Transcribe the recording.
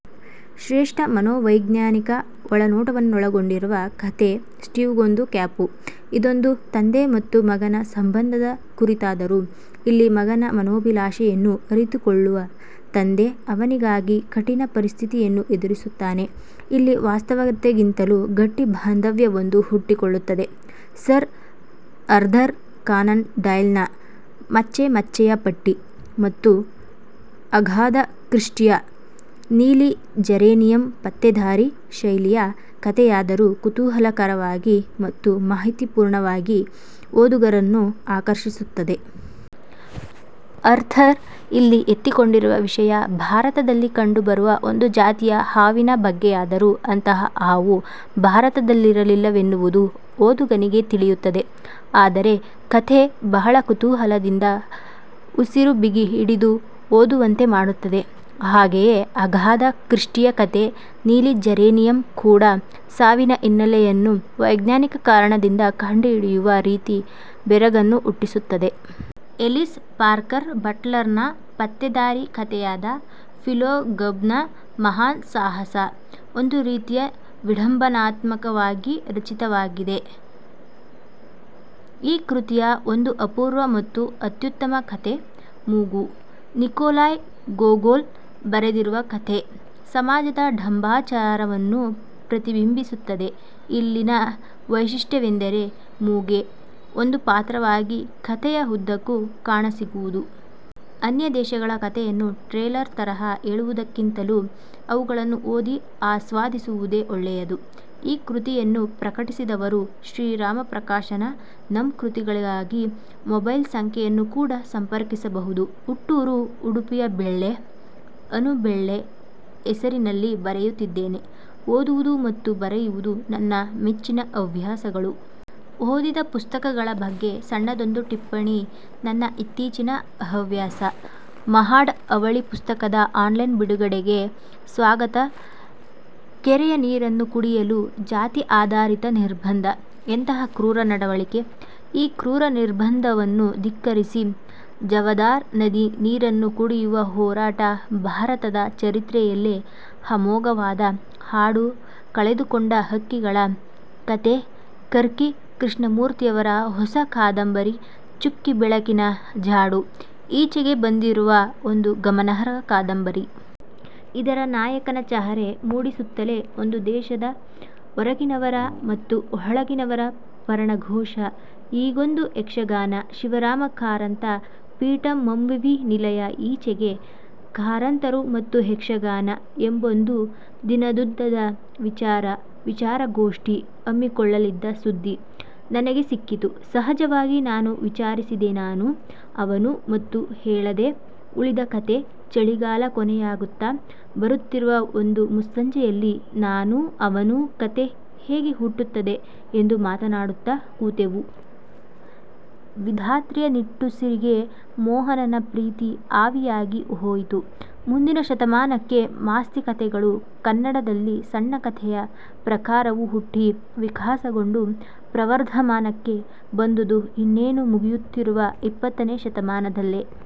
ಶ್ರೇಷ್ಠ ಮನೋ ವೈಜ್ಞಾನಿಕ ಒಳನೋಟವನ್ನೊಳಗೊಂಡಿರುವ ಕಥೆ 'ಸ್ಟೀವ್ಗೊಂದು ಕ್ಯಾಪು' ಇದೊಂದು ತಂದೆ ಮತ್ತು ಮಗನ ಸಂಬಂಧದ ಕುರಿತಾದರೂ ಇಲ್ಲಿ ಮಗನ ಮನೋಭಿಲಾಷೆಯನ್ನು ಅರಿತುಕೊಳ್ಳುವ ತಂದೆ ಅವನಿಗಾಗಿ ಕಠಿಣ ಪರಿಸ್ಥಿತಿಯನ್ನು ಎದುರಿಸುತ್ತಾನೆ. ಇಲ್ಲಿ ವಾಸ್ತವತೆಗಿಂತಲೂ ಗಟ್ಟಿ ಭಾಂದವ್ಯವೊಂದು ಹುಟ್ಟಿಕೊಳ್ಳುತ್ತದೆ. ಸರ್ ಅರ್ಥರ್ ಕಾನನ್ ಡಾಯ್ಲ್ನ 'ಮಚ್ಚೆ ಮಚ್ಚೆಯ ಪಟ್ಟಿ' ಮತ್ತು ಅಗಾಥ ಕ್ರಿಸ್ಟಿಯ 'ನೀಲಿ ಜೇರೇನಿಯಂ' ಪತ್ತೇದಾರಿ ಶೈಲಿಯ ಕಥೆಯಾದರೂ ಕುತೂಹಲಕರವಾಗಿ ಮತ್ತು ಮಾಹಿತಿಪೂರ್ಣವಾಗಿ ಓದುಗರನ್ನು ಆಕರ್ಷಿಸುತ್ತವೆ. ಅರ್ಥರ್ ಇಲ್ಲಿ ಎತ್ತಿಕೊಂಡಿರುವ ವಿಷಯ ಭಾರತದಲ್ಲಿ ಕಂಡು ಬರುವ ಒಂದು ಜಾತಿಯ ಹಾವಿನ ಬಗ್ಗೆಯಾದರೂ ಅಂತಹ ಹಾವು ಭಾರತದಲ್ಲಿರಲಿಲ್ಲವೆನ್ನುವುದು ಓದುಗನಿಗೆ ತಿಳಿಯುತ್ತದೆ. ಆದರೆ ಕಥೆ ಬಹಳ ಕುತೂಹಲದಿಂದ ಉಸಿರು ಬಿಗಿ ಹಿಡಿದು ಓದುವಂತೆ ಮಾಡುತ್ತದೆ. ಹಾಗೇಯೆ ಅಗಾಥ ಕ್ರಿಸ್ಟಿಯ ಕಥೆ 'ನೀಲಿ ಜೇರೆನಿಯಂ' ಕೂಡ. ಸಾವಿನ ಹಿನ್ನಲೆಯನ್ನು ವೈಜ್ಞಾನಿಕ ಕಾರಣದಿಂದ ಕಂಡುಹಿಡಿಯುವ ರೀತಿ ಬೆರಗನ್ನು ಹುಟ್ಟಿಸುತ್ತದೆ. ಎಲಿಸ್ ಪಾರ್ಕರ್ ಬಟ್ಲರ್ನ ಪತ್ತೇದಾರಿ ಕಥೆಯಾದ 'ಫಿಲೋ ಗಬ್ನ ಮಹಾನ್ ಸಾಹಸ' ಒಂದು ರೀತಿಯ ವಿಢಂಬನಾತ್ಮವಾಗಿ ರಚಿತವಾಗಿದೆ. ಈ ಕೃತಿಯ ಒಂದು ಅಪೂರ್ವ ಮತ್ತು ಅತ್ಯುತ್ತಮ ಕಥೆ 'ಮೂಗು', ನಿಕೊಲಾಯ್ ಗೊಗೊಲ್ ಬರೆದಿರುವ ಕಥೆ ಸಮಾಜದ ಢಂಬಾಚಾರವನ್ನು ಪ್ರತಿಬಿಂಬಿಸುತ್ತದೆ. ಇಲ್ಲಿಯ ವೈಶಿಷ್ಟ್ಯವೆಂದರೆ ಮೂಗೇ ಒಂದು ಪಾತ್ರವಾಗಿ ಕಥೆಯ ಉದ್ದಕ್ಕೂ ಕಾಣಸಿಗುವುದು. 'ಅನ್ಯ ದೇಶಗಳ' ಕಥೆಯನ್ನು ಟ್ರೇಲರ್ ತರಹ ಹೇಳುವುದಕ್ಕಿಂತಲೂ ಅವುಗಳನ್ನು ಓದಿ ಆಸ್ವಾದಿಸುವುದೇ ಒಳ್ಳೆಯದು. ಈ ಕೃತಿಯನ್ನು ಪ್ರಕಟಿಸಿದವರು ಶ್ರೀ ರಾಮ ಪ್ರಕಾಶನ, ನಂ. ಕೃತಿಗಳಿಗಾಗಿ ಮೊಬೈಲ್ ಸಂಖ್ಯೆಯನ್ನು ಕೂಡ ಸಂಪರ್ಕಿಸಬಹುದು. ಹುಟ್ಟೂರು ಉಡುಪಿಯ ಬೆಳ್ಳೆ; ಅನು ಬೆಳ್ಳೆ ಹೆಸರಿನಲ್ಲಿ ಬರೆಯುತ್ತಿದ್ದೇನೆ. ಓದುವುದು ಮತ್ತು ಬರೆಯುವುದು ನನ್ನ ಮೆಚ್ಚಿನ ಹವ್ಯಾಸಗಳು. ಓದಿದ ಪುಸ್ತಕಗಳ ಬಗ್ಗೆ ಸಣ್ಣದೊಂದು ಟಿಪ್ಪಣಿ ನನ್ನ ಇತ್ತಿಚೀನ ಹವ್ಯಾಸ. ಮಹಾಡ್ ಅವಳಿ ಪುಸ್ತಕದ ಆನ್ಲೈನ್ ಬಿಡುಗಡೆಗೆ ಸ್ವಾಗತ ಕೆರೆಯ ನೀರನ್ನು ಕುಡಿಯಲು ಜಾತಿ ಆಧಾರಿತ ನಿರ್ಬಂದ' ಎಂತಹ ಕ್ರೂರ ನಡವಳಿಕೆ. ಈ ಕ್ರೂರ ನಿರ್ಬಂಧವನ್ನು ಧಿಕ್ಕರಿಸಿ ಚವದಾರ್ ನದಿ ನೀರನ್ನು ಕುಡಿಯುವ ಹೋರಾಟ ಭಾರತದ ಚರಿತ್ರೆಯಲ್ಲೇ ಅಮೋಘವಾದ ಹಾಡು ಕಳೆದುಕೊಂಡ ಹಕ್ಕಿಗಳ ಕತೆ ಕರ್ಕಿ ಕೃಷ್ಣಮೂರ್ತಿಯವರ ಹೊಸ ಕಾದಂಬರಿ 'ಚುಕ್ಕಿ ಬೆಳಕಿನ ಜಾಡು' ಈಚೆಗೆ ಬಂದಿರುವ ಒಂದು ಗಮನಾರ್ಹ ಕಾದಂಬರಿ. ಇದರ ನಾಯಕನ ಚಹರೆ ಮೂಡಿಸುತ್ತಲೇ ಒಂದು ದೇಶದ 'ಹೊರಗಿನವರ' ಮತ್ತು 'ಒಳಗಿನವರ' ಪರಣಘೋಷ – ಹೀಗೊಂದು ಯಕ್ಷಗಾನ! ಶಿವರಾಮಕಾರಂತ ಪೀಠ, ಮಂವಿವಿನಿಲಯ ಈಚೆಗೆ 'ಕಾರಂತರು ಮತ್ತು ಯಕ್ಷಗಾನ' ಎಂಬೊಂದು ದಿನದುದ್ದದ ವಿಚಾರ ವಿಚಾರಗೋಷ್ಠಿ ಹಮ್ಮಿಕೊಳ್ಳಲಿದ್ದ ಸುದ್ಧಿ ನನಗೆ ಸಿಕ್ಕಿತು. ಸಹಜವಾಗಿ ನಾನು ವಿಚಾರಿಸಿದೆನಾನೂ ಅವನು ಮತ್ತು ಹೇಳದೇ ಉಳಿದ ಕತೆ ಚಳಿಗಾಲ ಕೊನೆಯಾಗುತ್ತಾ ಬರುತ್ತಿರುವ ಒಂದು ಮುಸ್ಸಂಜೆಯಲ್ಲಿ ನಾನೂ ಅವನೂ ಕತೆ ಹೇಗೆ ಹುಟ್ಟುತ್ತದೆ ಎಂದು ಮಾತಾಡುತ್ತಾ ಕೂತೆವು. ವಿಧಾತ್ರಿಯ ನಿಟ್ಟುಸಿರಿಗೆ ಮೋಹನನ ಪ್ರೀತಿ ಆವಿಯಾಗಿ ಹೋಯಿತು. ಮುಂದಿನ ಶತಮಾನಕ್ಕೆ ಮಾಸ್ತಿ ಕತೆಗಳು ಕನ್ನಡದಲ್ಲಿ ಸಣ್ಣಕಥೆಯ ಪ್ರಕಾರವು ಹುಟ್ಟಿ, ವಿಕಾಸಗೊಂಡು ಪ್ರವರ್ಧಮಾನಕ್ಕೆ ಬಂದುದು ಇನ್ನೇನು ಮುಗಿಯುತ್ತಿರುವ ಇಪ್ಪತ್ತನೆಯ ಶತಮಾನದಲ್ಲೆ.